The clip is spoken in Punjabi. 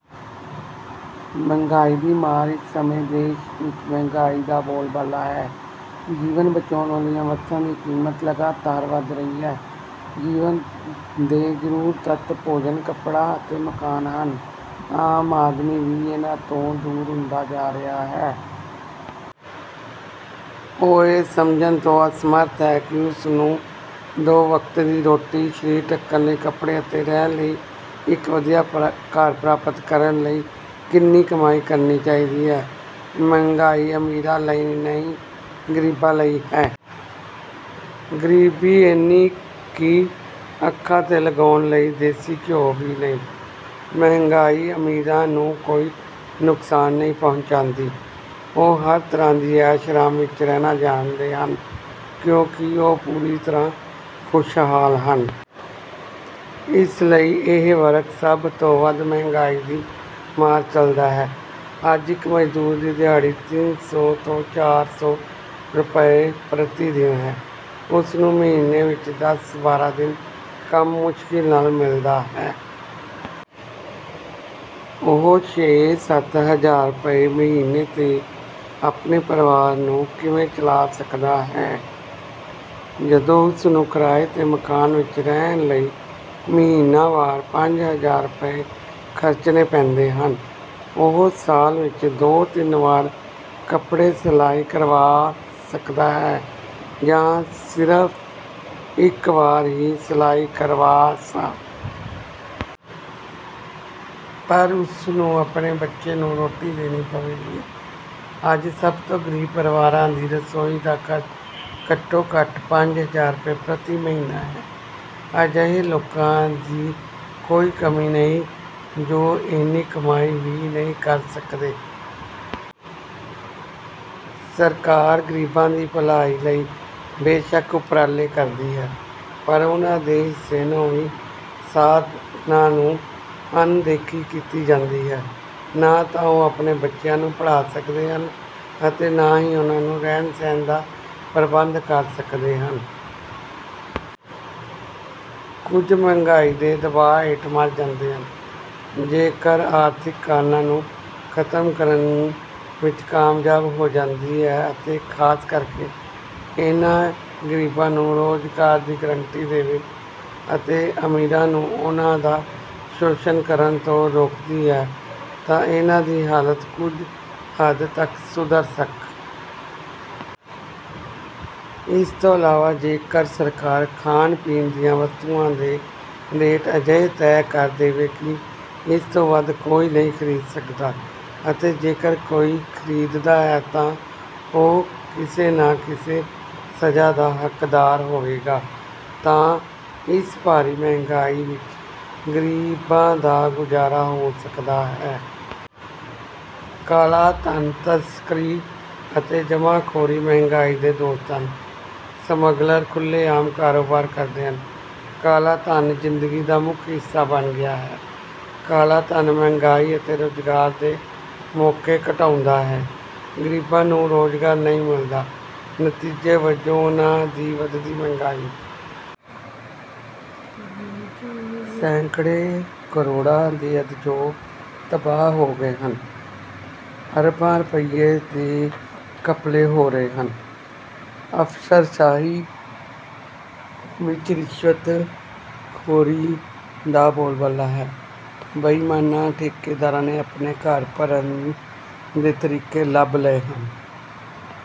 ਮਹਿੰਗਾਈ ਦੀ ਮਾਰ ਇਸ ਸਮੇਂ ਦੇਸ਼ ਵਿੱਚ ਮਹਿੰਗਾਈ ਦਾ ਬੋਲਬਾਲਾ ਹੈ। ਜੀਵਨ ਬਚਾਉਣ ਵਾਲੀਆਂ ਵਸਤਾਂ ਦੀ ਕੀਮਤ ਲਗਾਤਾਰ ਵਧ ਰਹੀ ਹੈ। ਜੀਵਨ ਦੇ ਜ਼ਰੂਰੀ ਤੱਤ ਭੋਜਨ, ਕੱਪੜਾ ਅਤੇ ਮਕਾਨ ਹਨ। ਆਮ ਆਦਮੀ ਵੀ ਇਨ੍ਹਾਂ ਤੋਂ ਦੂਰ ਹੁੰਦਾ ਜਾ ਰਿਹਾ ਹੈ। ਉਹ ਇਹ ਸਮਝਣ ਤੋਂ ਅਸਮਰੱਥ ਹੈ ਕਿ ਉਸਨੂੰ ਦੋ ਵਕਤ ਦੀ ਰੋਟੀ, ਸਰੀਰ ਢੱਕਣ ਲਈ ਕੱਪੜੇ ਅਤੇ ਰਹਿਣ ਲਈ ਇੱਕ ਵਧੀਆ ਘਰ ਪ੍ਰਾਪਤ ਕਰਨ ਲਈ ਕਿੰਨੀ ਕਮਾਈ ਕਰਨੀ ਚਾਹੀਦੀ ਹੈ। ਮਹਿੰਗਾਈ ਅਮੀਰਾਂ ਲਈ ਨਹੀਂ, ਗਰੀਬਾਂ ਲਈ ਹੈ। ਗਰੀਬੀ ਇੰਨੀ ਕਿ ਅੱਖਾਂ 'ਤੇ ਲਗਾਉਣ ਲਈ ਦੇਸੀ ਘਿਓ ਵੀ ਨਹੀਂ। ਮਹਿੰਗਾਈ ਅਮੀਰਾਂ ਨੂੰ ਕੋਈ ਨੁਕਸਾਨ ਨਹੀਂ ਪਹੁੰਚਾਉਂਦੀ। ਉਹ ਹਰ ਤਰ੍ਹਾਂ ਦੀ ਐਸ਼ੋ-ਆਰਾਮ ਵਿੱਚ ਰਹਿਣਾ ਜਾਣਦੇ ਹਨ ਕਿਉਂਕਿ ਉਹ ਪੂਰੀ ਤਰ੍ਹਾਂ ਖੁਸ਼ਹਾਲ ਹਨ। ਇਸ ਲਈ ਇਹ ਵਰਗ ਸਭ ਤੋਂ ਵੱਧ ਮਹਿੰਗਾਈ ਦੀ ਮਾਰ ਝੱਲਦਾ ਹੈ। ਅੱਜ ਇੱਕ ਮਜ਼ਦੂਰ ਦੀ ਦਿਹਾੜੀ ਤਿੰਨ ਸੌ ਤੋਂ ਚਾਰ ਸੌ ਰੁਪਏ ਪ੍ਰਤੀ ਦਿਨ ਹੈ। ਉਸ ਨੂੰ ਮਹੀਨੇ ਵਿੱਚ ਦਸ ਬਾਰਾਂ ਦਿਨ ਕੰਮ ਮੁਸ਼ਕਿਲ ਨਾਲ ਮਿਲਦਾ ਹੈ। ਉਹ ਛੇ-ਸੱਤ ਹਜ਼ਾਰ ਰੁਪਏ ਮਹੀਨੇ 'ਤੇ ਆਪਣਾ ਪਰਿਵਾਰ ਕਿਵੇਂ ਚਲਾ ਸਕਦਾ ਹੈ? ਜਦੋਂ ਉਸਨੂੰ ਕਿਰਾਏ ਦੇ ਮਕਾਨ ਵਿੱਚ ਰਹਿਣ ਲਈ ਮਹੀਨਾਵਾਰ ਪੰਜ ਹਜ਼ਾਰ ਰੁਪਏ ਖਰਚਣੇ ਪੈਂਦੇ ਹਨ। ਉਹ ਸਾਲ ਵਿੱਚ ਦੋ-ਤਿੰਨ ਵਾਰ ਕੱਪੜੇ ਸਿਲਾਈ ਕਰਵਾ ਸਕਦਾ ਹੈ, ਜਾਂ ਸਿਰਫ਼ ਇੱਕ ਵਾਰ ਹੀ ਸਿਲਾਈ ਕਰਵਾ ਸਕਦਾ ਹੈ। ਪਰ ਉਸਨੂੰ ਆਪਣੇ ਬੱਚੇ ਨੂੰ ਰੋਟੀ ਦੇਣੀ ਪਵੇਗੀ। ਅੱਜ ਸਭ ਤੋਂ ਗ਼ਰੀਬ ਪਰਿਵਾਰਾਂ ਦੀ ਰਸੋਈ ਦਾ ਖ਼ਰਚ ਘੱਟੋ-ਘੱਟ ਪੰਜ ਹਜ਼ਾਰ ਰੁਪਏ ਪ੍ਰਤੀ ਮਹੀਨਾ ਹੈ। ਅਜਿਹੇ ਲੋਕਾਂ ਦੀ ਕੋਈ ਕਮੀ ਨਹੀਂ ਜੋ ਇੰਨੀ ਕਮਾਈ ਵੀ ਨਹੀਂ ਕਰ ਸਕਦੇ। ਸਰਕਾਰ ਗਰੀਬਾਂ ਦੀ ਭਲਾਈ ਲਈ ਬੇਸ਼ੱਕ ਉਪਰਾਲੇ ਕਰਦੀ ਹੈ, ਪਰ ਉਨ੍ਹਾਂ ਦੇ ਹਿੱਸੇ ਨੂੰ ਵੀ ਸਾਧਨਾਂ ਦੀ ਅਣਦੇਖੀ ਕੀਤੀ ਜਾਂਦੀ ਹੈ। ਨਾ ਤਾਂ ਉਹ ਆਪਣੇ ਬੱਚਿਆਂ ਨੂੰ ਪੜ੍ਹਾ ਸਕਦੇ ਹਨ ਅਤੇ ਨਾ ਹੀ ਉਨ੍ਹਾਂ ਦੇ ਰਹਿਣ-ਸਹਿਣ ਦਾ ਪ੍ਰਬੰਧ ਕਰ ਸਕਦੇ ਹਨ। ਕੁਝ ਮਹਿੰਗਾਈ ਦੇ ਦਬਾਅ ਹੇਠ ਮਰ ਜਾਂਦੇ ਹਨ। ਜੇਕਰ ਸਰਕਾਰ ਆਰਥਿਕ ਕਾਰਨਾਂ ਨੂੰ ਖਤਮ ਕਰਨ ਵਿੱਚ ਕਾਮਯਾਬ ਹੋ ਜਾਂਦੀ ਹੈ ਅਤੇ ਖਾਸ ਕਰਕੇ ਇਹਨਾਂ ਗਰੀਬਾਂ ਨੂੰ ਰੁਜ਼ਗਾਰ ਦੀ ਗਰੰਟੀ ਦੇਵੇ ਅਤੇ ਅਮੀਰਾਂ ਨੂੰ ਉਹਨਾਂ ਦਾ ਸ਼ੋਸ਼ਣ ਕਰਨ ਤੋਂ ਰੋਕਦੀ ਹੈ ਤਾਂ ਇਹਨਾਂ ਦੀ ਹਾਲਤ ਕੁਝ ਹੱਦ ਤੱਕ ਸੁਧਰ ਸਕਦੀ ਹੈ। ਇਸ ਤੋਂ ਇਲਾਵਾ ਜੇਕਰ ਸਰਕਾਰ ਖਾਣ-ਪੀਣ ਦੀਆਂ ਵਸਤੂਆਂ ਦੇ ਰੇਟ ਅਜਿਹੇ ਤੈਅ ਕਰ ਦੇਵੇ ਕਿ ਇਸ ਤੋਂ ਵੱਧ ਕੋਈ ਨਹੀਂ ਖਰੀਦ ਸਕਦਾ ਅਤੇ ਜੇਕਰ ਕੋਈ ਖਰੀਦਦਾ ਹੈ ਤਾਂ ਉਹ ਕਿਸੇ ਨਾ ਕਿਸੇ ਸਜਾ ਦਾ ਹੱਕਦਾਰ ਹੋਵੇਗਾ ਤਾਂ ਇਸ ਭਾਰੀ ਮਹਿੰਗਾਈ ਵਿੱਚ ਗਰੀਬਾਂ ਦਾ ਗੁਜ਼ਾਰਾ ਹੋ ਸਕਦਾ ਹੈ। ਕਾਲਾ ਧਨ, ਤਸਕਰੀ ਅਤੇ ਜਮ੍ਹਾਖੋਰੀ ਮਹਿੰਗਾਈ ਦੇ ਦੋਸਤ ਹਨ। ਸਮੱਗਲਰ ਖੁੱਲ੍ਹੇਆਮ ਕਾਰੋਬਾਰ ਕਰਦੇ ਹਨ, ਕਾਲਾ ਧਨ ਜ਼ਿੰਦਗੀ ਦਾ ਮੁੱਖ ਹਿੱਸਾ ਬਣ ਗਿਆ ਹੈ। ਕਾਲਾ ਧਨ ਮਹਿੰਗਾਈ ਅਤੇ ਰੁਜ਼ਗਾਰ ਦੇ ਮੌਕੇ ਘਟਾਉਂਦਾ ਹੈ। ਗਰੀਬਾਂ ਨੂੰ ਰੁਜ਼ਗਾਰ ਨਹੀਂ ਮਿਲਦਾ, ਨਤੀਜੇ ਵਜੋਂ ਉਨ੍ਹਾਂ ਦੀ ਵਧਦੀ ਮਹਿੰਗਾਈ ਨਾਲ ਲੜਨ ਦੀ ਸ਼ਕਤੀ ਘੱਟ ਜਾਂਦੀ ਹੈ। ਸੈਂਕੜੇ ਕਰੋੜਾਂ ਦੇ ਉਦਯੋਗ ਤਬਾਹ ਹੋ ਗਏ ਹਨ। ਅਰਬਾਂ ਰੁਪਏ ਦੇ ਘਪਲੇ ਹੋ ਰਹੇ ਹਨ। ਅਫਸਰਸ਼ਾਹੀ ਵਿੱਚ ਰਿਸ਼ਵਤਖੋਰੀ ਦਾ ਬੋਲਬਾਲਾ ਹੈ। ਬੇਈਮਾਨ ਠੇਕੇਦਾਰਾਂ ਨੇ ਆਪਣੇ ਘਰ ਭਰਨ ਦੇ ਤਰੀਕੇ ਲੱਭ ਲਏ ਹਨ।